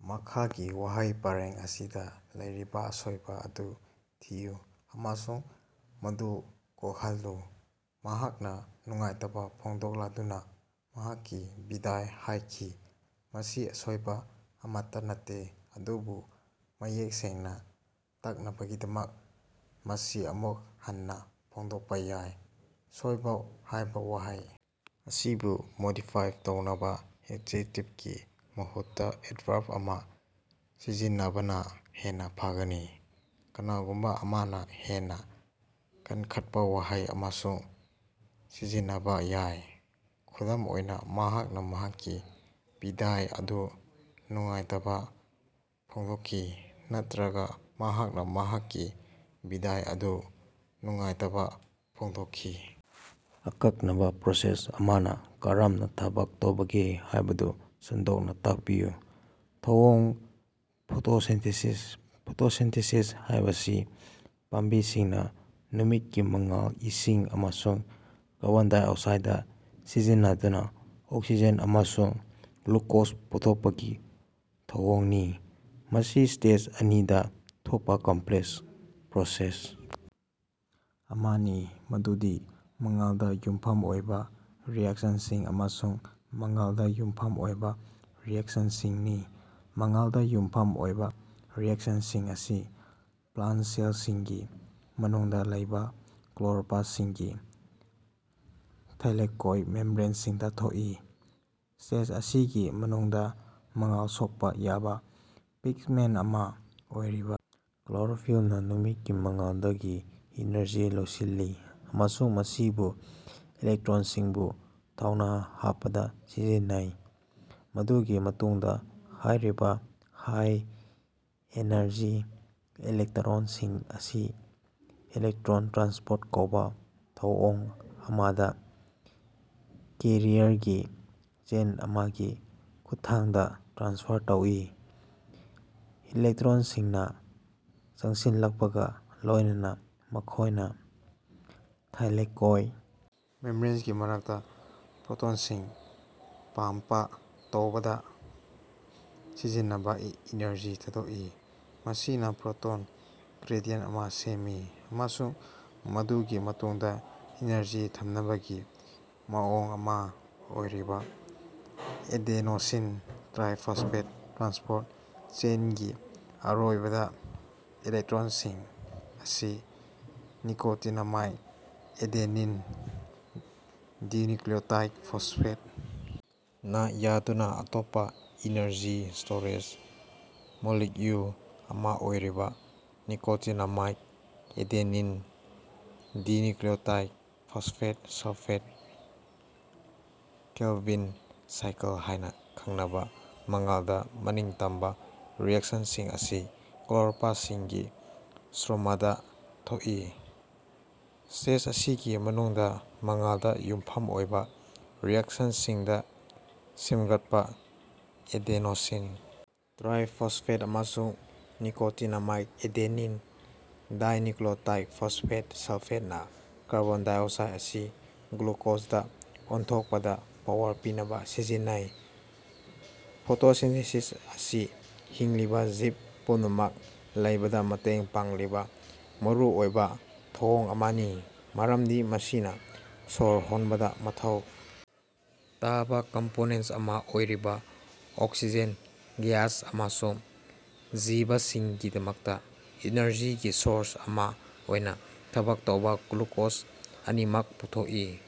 ꯃꯈꯥꯒꯤ ꯋꯥꯍꯩ ꯄꯔꯦꯡ ꯑꯁꯤꯗ ꯂꯩꯔꯤꯕ ꯑꯁꯣꯏꯕ ꯑꯗꯨ ꯊꯤꯌꯨ ꯑꯃꯁꯨꯡ ꯃꯗꯨ ꯀꯣꯛꯍꯜꯂꯨ꯫ ꯃꯍꯥꯛꯅ ꯅꯨꯡꯉꯥꯏꯇꯕ ꯐꯣꯡꯗꯣꯛꯂꯗꯨꯅ ꯃꯍꯥꯛꯀꯤ ꯕꯤꯗꯥꯏ ꯍꯥꯏꯈꯤ꯫ ꯃꯁꯤ ꯑꯁꯣꯏꯕ ꯑꯃꯠꯇꯥ ꯅꯠꯇꯦ, ꯑꯗꯨꯕꯨ ꯃꯌꯦꯛ ꯁꯦꯡꯅ ꯇꯥꯛꯅꯕꯒꯤꯗꯃꯛ ꯃꯁꯤ ꯑꯃꯨꯛ ꯍꯟꯅ ꯐꯣꯡꯗꯣꯛꯄ ꯌꯥꯏ꯫ ꯁꯣꯏꯕ ꯍꯥꯏꯕ ꯋꯥꯍꯩ ꯑꯁꯤꯕꯨ ꯃꯣꯗꯤꯐꯥꯏ ꯇꯧꯅꯕ ꯑꯦꯖꯦꯛꯇꯤꯚꯀꯤ ꯃꯍꯨꯠꯇ ꯑꯦꯗꯚꯔꯕ ꯑꯃ ꯁꯤꯖꯤꯟꯅꯕꯅꯥ ꯍꯦꯟꯅ ꯐꯒꯅꯤ꯫ ꯀꯅꯥꯒꯨꯝꯕ ꯑꯃꯅ ꯍꯦꯟꯅ ꯀꯟꯈꯠꯄ ꯋꯥꯍꯩ ꯑꯃꯁꯨ ꯁꯤꯖꯤꯟꯅꯕꯥ ꯌꯥꯏ, ꯈꯨꯗꯝ ꯑꯣꯏꯅꯥ, ꯃꯍꯥꯛꯅ ꯃꯍꯥꯛꯀꯤ ꯕꯤꯗꯥꯏ ꯑꯗꯨ ꯅꯨꯡꯉꯥꯏꯇꯕꯥ ꯐꯣꯡꯗꯣꯛꯈꯤ ꯅꯠꯇꯔꯒ ꯃꯍꯥꯛꯅ‌ ꯃꯍꯥꯛꯀꯤ ꯕꯤꯗꯥꯏ ꯑꯗꯨ ꯅꯨꯡꯉꯥꯏꯇꯕꯥ ꯐꯣꯡꯗꯣꯛꯈꯤ꯫ ꯑꯀꯛꯅꯕꯥ ꯄ꯭ꯔꯣꯁꯦꯁ ꯑꯃꯅ ꯀꯔꯝꯅ ꯊꯕꯛ ꯇꯧꯕꯒꯦ ꯍꯥꯏꯕꯗꯨ ꯁꯟꯗꯣꯛꯅ ꯇꯥꯛꯄꯤꯌꯨ꯫ ꯊꯧꯑꯣꯡ - ꯐꯣꯇꯣꯁꯤꯟꯊꯦꯁꯤꯁ, ꯐꯣꯇꯣꯁꯤꯟꯊꯦꯁꯤꯁ ꯍꯥꯏꯕꯁꯤ ꯄꯥꯝꯕꯤꯁꯤꯡꯅ ꯅꯨꯃꯤꯠꯀꯤ ꯃꯉꯥꯜ, ꯏꯁꯤꯡ ꯑꯃꯁꯨꯡ ꯀꯥꯔꯕꯣꯟ ꯗꯥꯏꯑꯣꯛꯁꯥꯏꯗ ꯁꯤꯖꯤꯟꯅꯗꯨꯅ ꯑꯣꯛꯁꯤꯖꯦꯟ ꯑꯃꯁꯨꯡ ꯒ꯭ꯂꯨꯀꯣꯖ ꯄꯨꯊꯣꯛꯄꯒꯤ ꯊꯧꯑꯣꯡꯅꯤ꯫ ꯃꯁꯤ ꯁ꯭ꯇꯦꯖ ꯑꯅꯤꯗ ꯊꯣꯛꯄ ꯀꯝꯄ꯭ꯂꯦꯛꯁ ꯄ꯭ꯔꯣꯁꯦꯁ ꯑꯃꯅꯤ, ꯃꯗꯨꯗꯤ ꯃꯉꯥꯜꯗ ꯌꯨꯝꯐꯝ ꯑꯣꯏꯕ ꯔꯤꯑꯦꯛꯁꯟꯁꯤꯡ ꯑꯃꯁꯨꯡ ꯃꯉꯥꯜꯗ ꯌꯨꯝꯐꯝ ꯑꯣꯏꯕ ꯔꯤꯑꯦꯛꯁꯟꯁꯤꯡꯅꯤ꯫ ꯃꯉꯥꯜꯗ ꯌꯨꯝꯐꯝ ꯑꯣꯏꯕ ꯔꯤꯑꯦꯛꯁꯟꯁꯤꯡ ꯑꯁꯤ ꯄ꯭ꯂꯥꯟꯇ ꯁꯦꯜꯁꯤꯡꯒꯤ ꯃꯅꯨꯡꯗ ꯂꯩꯕ ꯀ꯭ꯂꯣꯔꯣꯞꯂꯥꯁ꯭ꯇꯁꯤꯡꯒꯤ ꯊꯥꯏꯂꯦꯀꯣꯏꯗ ꯃꯦꯝꯕ꯭ꯔꯦꯟꯁꯤꯡꯗ ꯊꯣꯛꯏ꯫ ꯁ꯭ꯇꯦꯖ ꯑꯁꯤꯒꯤ ꯃꯅꯨꯡꯗ, ꯃꯉꯥꯜ ꯁꯣꯛꯄ ꯌꯥꯕ ꯄꯤꯒꯃꯦꯟꯇ ꯑꯃ‌ ꯑꯣꯏꯔꯤꯕ‌ ꯀ꯭ꯂꯣꯔꯣꯐꯤꯜꯅ ꯅꯨꯃꯤꯠꯀꯤ ꯃꯉꯥꯜꯗꯒꯤ ꯏꯅꯔꯖꯤ ꯂꯧꯁꯤꯜꯂꯤ ꯑꯃꯁꯨꯡ ꯃꯁꯤꯕꯨ ꯏꯂꯦꯛꯇ꯭ꯔꯣꯟꯁꯤꯡꯕꯨ ꯊꯧꯅ ꯍꯥꯞꯄꯗ ꯁꯤꯖꯤꯟꯅꯩ꯫ ꯃꯗꯨꯒꯤ ꯃꯇꯨꯡꯗ ꯍꯥꯏꯔꯤꯕ ꯍꯥꯏ-ꯑꯦꯅꯔꯖꯤ ꯏꯂꯦꯛꯇꯔꯣꯟꯁꯤꯡ ꯑꯁꯤ ꯏꯂꯦꯛꯇ꯭ꯔꯣꯟ ꯇ꯭ꯔꯥꯟꯁꯄꯣꯔꯠ ꯀꯧꯕ ꯊꯧꯑꯣꯡ ꯑꯃꯗ ꯀꯦꯔꯤꯌꯔꯒꯤ ꯆꯦꯟ ꯑꯃꯒꯤ ꯈꯨꯠꯊꯥꯡꯗ ꯇ꯭ꯔꯥꯟꯁꯐꯔ ꯇꯧꯏ꯫ ꯏꯂꯦꯛꯇ꯭ꯔꯣꯟꯁꯤꯡꯅ ꯆꯪꯁꯤꯜꯂꯠꯄꯒꯥ ꯂꯣꯏꯅꯅꯥ ꯃꯈꯣꯏꯅ ꯊꯥꯏꯂꯦꯀꯣꯏ ꯃꯦꯝꯕ꯭ꯔꯦꯅꯒꯤ ꯃꯔꯛꯇꯥ ꯄ꯭ꯔꯣꯇꯣꯟꯁꯤꯡ ꯄꯝꯄ ꯇꯧꯕꯗ ꯁꯤꯖꯤꯟꯅꯕꯥ ꯏꯅꯔꯖꯤ ꯊꯥꯗꯣꯛꯏ, ꯃꯁꯤꯅ ꯄ꯭ꯔꯣꯇꯣꯟ ꯒ꯭ꯔꯦꯗꯤꯌꯦꯟꯇ ꯑꯃ ꯁꯦꯝꯃꯤ ꯑꯃꯁꯨꯡ ꯃꯗꯨꯒꯤ ꯃꯇꯨꯡꯗ ꯑꯦꯅꯔꯖꯤ ꯊꯝꯅꯕꯒꯤ ꯃꯑꯣꯡ ꯑꯃ ꯑꯣꯏꯔꯤꯕ ꯑꯦꯗꯦꯅꯣꯁꯤꯟ ꯇ꯭ꯔꯥꯏ ꯐꯣꯁꯐꯦꯠ ꯇ꯭ꯔꯥꯟꯁꯄꯣꯔꯠ ꯆꯦꯟꯒꯤ ꯑꯔꯣꯏꯕꯗꯥ, ꯏꯂꯦꯛꯇ꯭ꯔꯣꯟꯁꯤꯡ ꯑꯁꯤ ꯅꯤꯀꯣꯇꯤꯅꯥꯃꯥꯏꯠ ꯑꯦꯗꯦꯅꯤꯟ ꯗꯥꯏꯅ꯭ꯌꯨꯀ꯭ꯂꯤꯌꯣꯇꯥꯏꯗ ꯐꯣꯁꯐꯦꯠ ꯅꯥ ꯌꯥꯗꯨꯅ ꯑꯇꯣꯞꯄꯥ ꯏꯅꯔꯖꯤ ꯁ꯭ꯇꯣꯔꯦꯖ ꯃꯣꯂꯤꯛꯌꯨꯜ ꯑꯃ ꯑꯣꯏꯔꯤꯕ nicotinamide adenine dinucleotide phosphate -sulphate Calvin cycle ꯍꯥꯏꯅ ꯈꯪꯅꯕ ꯃꯉꯥꯜꯗꯒꯤ ꯃꯅꯤꯡꯇꯝꯕ ꯔꯤꯑꯦꯛꯁꯟꯁꯤꯡ ꯑꯁꯤ ꯀ꯭ꯂꯣꯔꯣꯄ꯭ꯂꯥꯁꯇꯁꯤꯡꯒꯤ ꯁ꯭ꯇꯔꯣꯃꯥꯗꯥ ꯊꯣꯛꯏ꯫ ꯁ꯭ꯇꯦꯖ ꯑꯁꯤꯒꯤ ꯃꯅꯨꯡꯗ ꯃꯉꯥꯜꯗ ꯌꯨꯝꯐꯝ ꯑꯣꯏꯕ ꯔꯤꯑꯦꯛꯁꯟꯁꯤꯡꯗ ꯁꯦꯝꯒꯠꯄ ꯑꯦꯗꯦꯅꯣꯁꯤ‌ꯟ ꯇ꯭ꯔꯥꯏ ꯐꯣꯁꯐꯦꯠ ꯑꯃꯁꯨꯡ nicotinamide adenine dinucleotide phosphate -sulphate ꯅꯥ ꯀꯥꯔꯕꯣꯟ ꯗꯥꯏꯑꯣꯛꯁꯥꯏꯗ ꯑꯁꯤ ꯒ꯭ꯂꯨꯀꯣꯖꯗꯥ ꯑꯣꯟꯊꯣꯛꯄꯗꯥ ꯄꯥꯋꯔ ꯄꯤꯅꯕꯥ ꯁꯤꯖꯤꯟꯅꯩ꯫ ꯐꯣꯇꯣꯁꯤꯟꯊꯦꯁꯤꯁ ꯑꯁꯤ ꯍꯤꯡꯂꯤꯕ ꯖꯤꯕ ꯄꯨꯝꯅꯃꯛ ꯂꯩꯕꯗ ꯃꯇꯦꯡ ꯄꯥꯡꯂꯤꯕ ꯃꯔꯨꯑꯣꯏꯕ ꯊꯧꯑꯣꯡ ꯑꯃꯅꯤ, ꯃꯔꯝꯗꯤ ꯃꯁꯤꯅ ꯁꯣꯔ ꯍꯣꯟꯕꯗ ꯃꯊꯧ ꯇꯥꯕ ꯀꯝꯄꯣꯅꯦꯟꯇ ꯑꯃ ꯑꯣꯏꯔꯤꯕ ꯑꯣꯛꯁꯤꯖꯦꯟ ꯒ꯭ꯌꯥꯁ ꯑꯃꯁꯨꯡ ꯖꯤꯕꯁꯤꯡꯒꯤꯗꯃꯛꯇ ꯏꯅꯔꯖꯤꯒꯤ ꯁꯣꯔꯁ ꯑꯃ ꯑꯣꯏꯅ ꯊꯕꯛ ꯇꯧꯕ ꯒ꯭ꯂꯨꯀꯣꯖ ꯑꯅꯤꯃꯛ ꯄꯨꯊꯣꯛꯏ꯫